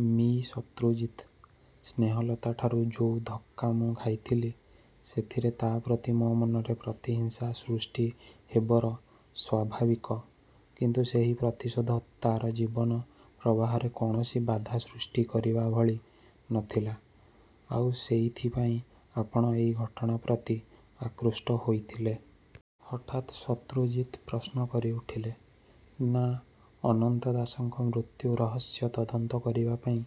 'ମି: ଶତ୍ରୁଜିତ! ସ୍ନେହଲତାଠାରୁ ଯୋଉ ଧକ୍କା ମୁଁ ଖାଇଥିଲି, ସେଥିରେ ତା ପ୍ରତି ମୋ ମନରେ ପ୍ରତିହିଂସା ସୃଷ୍ଟି ହେବର ସ୍ୱାଭାବିକ। କିନ୍ତୁ ସେହି ପ୍ରତିଶୋଧ ତା'ର ଜୀବନ ପ୍ରବାହରେ କୌଣସି ବାଧା ସୃଷ୍ଟି କରିବା ଭଳି ନ ଥିଲା। ' 'ଆଉ ସେଇଥିପାଇଁ ଆପଣ ଏଇ ଘଟଣା ପ୍ରତି ଆକୃଷ୍ଟ ହେଇଥିଲେ? ' ହଠାତ୍ ଶତ୍ରୁଜିତ ପ୍ରଶ୍ନ କରିଉଠିଲେ। 'ନା, ଅନନ୍ତ ଦାସଙ୍କ ମୃତ୍ୟୁ ରହସ୍ୟ ତଦନ୍ତ କରିବାପାଇଁ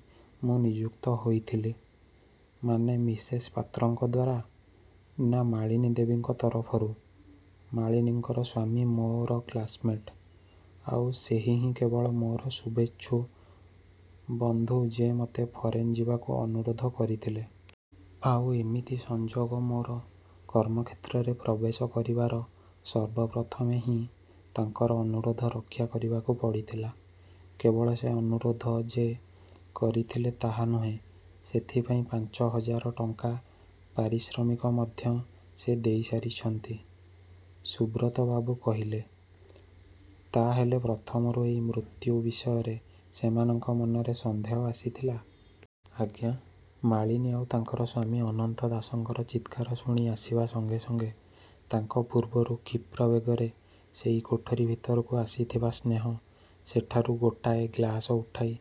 ମୁଁ ନିଯୁକ୍ତ ହେଇଥିଲି। ' 'ମାନେ ମିସେସ ପାତ୍ରଙ୍କ ଦ୍ୱାରା? ' 'ନା, ମାଳିନୀ ଦେବୀଙ୍କ ତରଫରୁ। ମାଳିନୀଙ୍କର ସ୍ୱାମୀ ମୋର କ୍ଳାସ୍ମେଟ୍। ଆଉ ସେହିହିଁ କେବଳ ମୋର ଶ୍ରୁଭେଚ୍ଛୁ ବନ୍ଧୁ ଯେ ମୋତେ ଫରେନ୍ ଯିବାକୁ ଅନୁରୋଧ କରିଥିଲେ। ଆଉ ଏମିତି ସଂଯୋଗ ମୋର କର୍ମକ୍ଷେତ୍ରରେ ପ୍ରବଶେ କରିବାର ସର୍ବପ୍ରଥମେ ହିଁ ତାଙ୍କର ଅନୁରୋଧ ରକ୍ଷା କରିବାକୁ ପଡ଼ିଥିଲା। କେବଳ ସେ ଅନୁରୋଧ ଯେ କରିଥିଲେ ତାହା ନୁହେଁ, ସେଥିପାଇଁ ପାଞ୍ଚହଜାର ଟଙ୍କା ପାରିଶ୍ରମିକ ମଧ୍ୟ ସେ ଦେଇସାରିଛନ୍ତି। ' ସୁବ୍ରତବାବୁ କହିଲେ। 'ତା' ହେଲେ ପ୍ରଥମରୁ ଏଇ ମୃତ୍ୟୁ ବିଷୟରେ ସେମାନଙ୍କ ମନରେ ସନ୍ଦେହ ଆସିଥିଲା-? ' 'ଆଜ୍ଞା! ମାଳିନୀ ଆଉ ତାଙ୍କର ସ୍ୱାମୀ ଅନନ୍ତ ଦାସଙ୍କର ଚିତ୍କାର ଶୁଣି ଆସିବା ସଙ୍ଗେ ସଙ୍ଗେ ତାଙ୍କ ପୂର୍ବରୁ କ୍ଷିପ୍ର ବେଗରେ ସେଇ କୋଠରି ଭିତରକୁ ଆସିଥିବା ସ୍ନେହ ସେଠାରୁ ଗୋଟାଏ ଗ୍ଳାସ ଉଠାଇ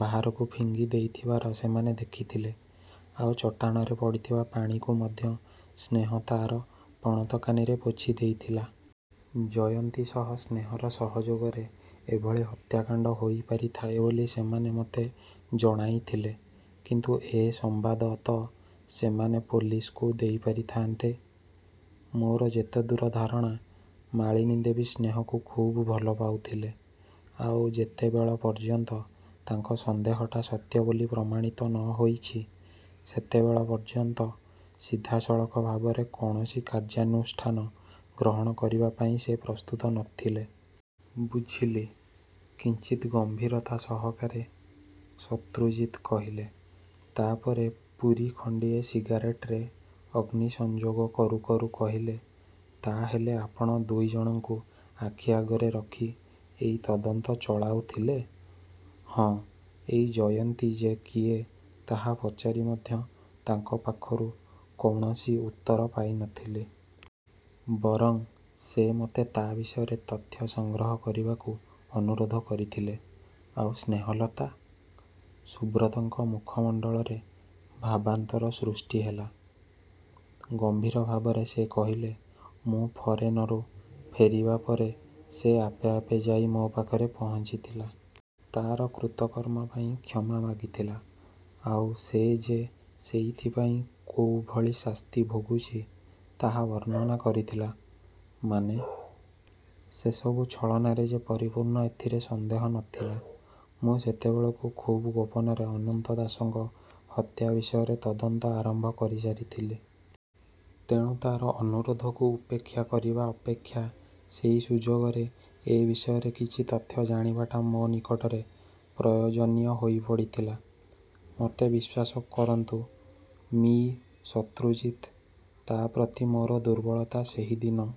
ବାହାରକୁ ଫିଙ୍ଗିଦେଇଥିବାର ସେମାନେ ଦେଖିଥିଲେ। ଆଉ ଚଟାଣରେ ପଡ଼ିଥିବା ପାଣିକୁ ମଧ୍ୟ ସ୍ନେହ ତା'ର ପଣତକାନିରେ ପୋଛିଦେଇଥିଲା। ଜୟନ୍ତୀ ସହ ସ୍ନେହର ସହଯୋଗରେ ଏଭଳି ହତ୍ୟାକାଣ୍ଡ ହେଇପାରିଥାଏ ବୋଲି ସେମାନେ ମୋତେ ଜଣାଇଥିଲେ। ' 'କିନ୍ତୁ ଏ ସମ୍ବାଦ ତ ସେମାନେ ପୋଲିସକୁ ଦେଇପାରିଥାଆନ୍ତେ? ' 'ମୋର ଯେତେଦୂର ଧାରଣା, ମାଳିନୀ ଦେବୀ ସ୍ନେହକୁ ଖୁବ୍ ଭଲ ପାଉଥିଲେ। ଆଉ ଯେତେବେଳ ପର୍ଯ୍ୟନ୍ତ ତାଙ୍କ ସନ୍ଦେହଟା ସତ୍ୟ ବୋଲି ପ୍ରମାଣିତ ନ ହୋଇଛି, ସେତେବେଳ ପର୍ଯ୍ୟନ୍ତ ସିଧାସଳଖ ଭାବରେ କୌଣସି କାର୍ଯ୍ୟାନୁଷ୍ଠାନ ଗ୍ରହଣ କରିବାପାଇଁ ସେ ପ୍ରସ୍ତୁତ ନ ଥିଲେ-। ' 'ବୁଝିଲି। ' କିଞ୍ଚିତ୍ ଗମ୍ଭୀରତା ସହକାରେ ଶତ୍ରୁଜିତ କହିଲେ। ତା'ପରେ ପୁରି ଖଣ୍ଡିଏ ସିଗାରେଟରେ ଅଗ୍ନି ସଂଯୋଗ କରୁ କରୁ କହିଲେ, 'ତା'ହେଲେ ଆପଣ ଦୁଇଜଣଙ୍କୁ ଆଖି ଆଗରେ ରଖି ଏଇ ତଦନ୍ତ ଚଳାଉଥିଲେ? ' 'ହଁ, ଏଇ ଜୟନ୍ତୀ ଯେ କିଏ ତାହା ପଚାରି ମଧ୍ୟ ତାଙ୍କ ପାଖରୁ କୌଣସି ଉତ୍ତର ପାଇ ନ ଥିଲି। ବରଂ ସେ ମୋତେ ତା ବିଷୟରେ ତଥ୍ୟ ସଂଗ୍ରହ କରିବାକୁ ଅନୁରୋଧ କରିଥିଲେ। ' 'ଆଉ ସ୍ନେହଲତା? ' ସୁବ୍ରତଙ୍କ ମୁଖମଣ୍ଡଳରେ ଭାବାନ୍ତର ସୃଷ୍ଟି ହେଲା। ଗମ୍ଭୀର ଭାବରେ ସେ କହିଲେ,'ମୁଁ ଫରେନରୁ ଫେରିବା ପରେ ସେ ଆପେ ଆପେ ଯାଇ ମୋ ପାଖରେ ପହଞ୍ଚିଥିଲା। ତା'ର କୃତକର୍ମ ପାଇଁ କ୍ଷମା ମାଗିଥିଲା। ଆଉ ସେ ଯେ ସେଇଥିପାଇଁ କୋଉ ଭଳି ଶାସ୍ତି ଭୋଗୁଛି ତାହା ବର୍ଣ୍ଣନା କରିଥିଲା। ' 'ମାନେ? ' 'ସେସବୁ ଛଳନାରେ ଯେ ପରିପୂର୍ଣ୍ଣ ଏଥିରେ ସନ୍ଦେହ ନ ଥିଲା। ମୁଁ ସେତେବେଳକୁ ଖୁବ୍ ଗୋପନରେ ଅନନ୍ତ ଦାସଙ୍କ ହତ୍ୟା ବିଷୟରେ ତଦନ୍ତ ଆରମ୍ଭ କରିସାରିଥିଲି। ତେଣୁ ତାର ଅନୁରୋଧକୁ ଉପେକ୍ଷା କରିବା ଅପେକ୍ଷା ସେଇ ସୁଯୋଗରେ ଏ ବିଷୟରେ କିଛି ତଥ୍ୟ ଜାଣିବାଟା ମୋ ନିକଟରେ ପ୍ରୟୋଜନୀୟ ହୋଇପଡ଼ିଥିଲା। ମୋତେ ବିଶ୍ୱାସ କରନ୍ତୁ ମି: ଶତ୍ରୁଜିତ, ତା' ପ୍ରତି ମୋର ଦୁର୍ବଳତା ସେହି ଦିନ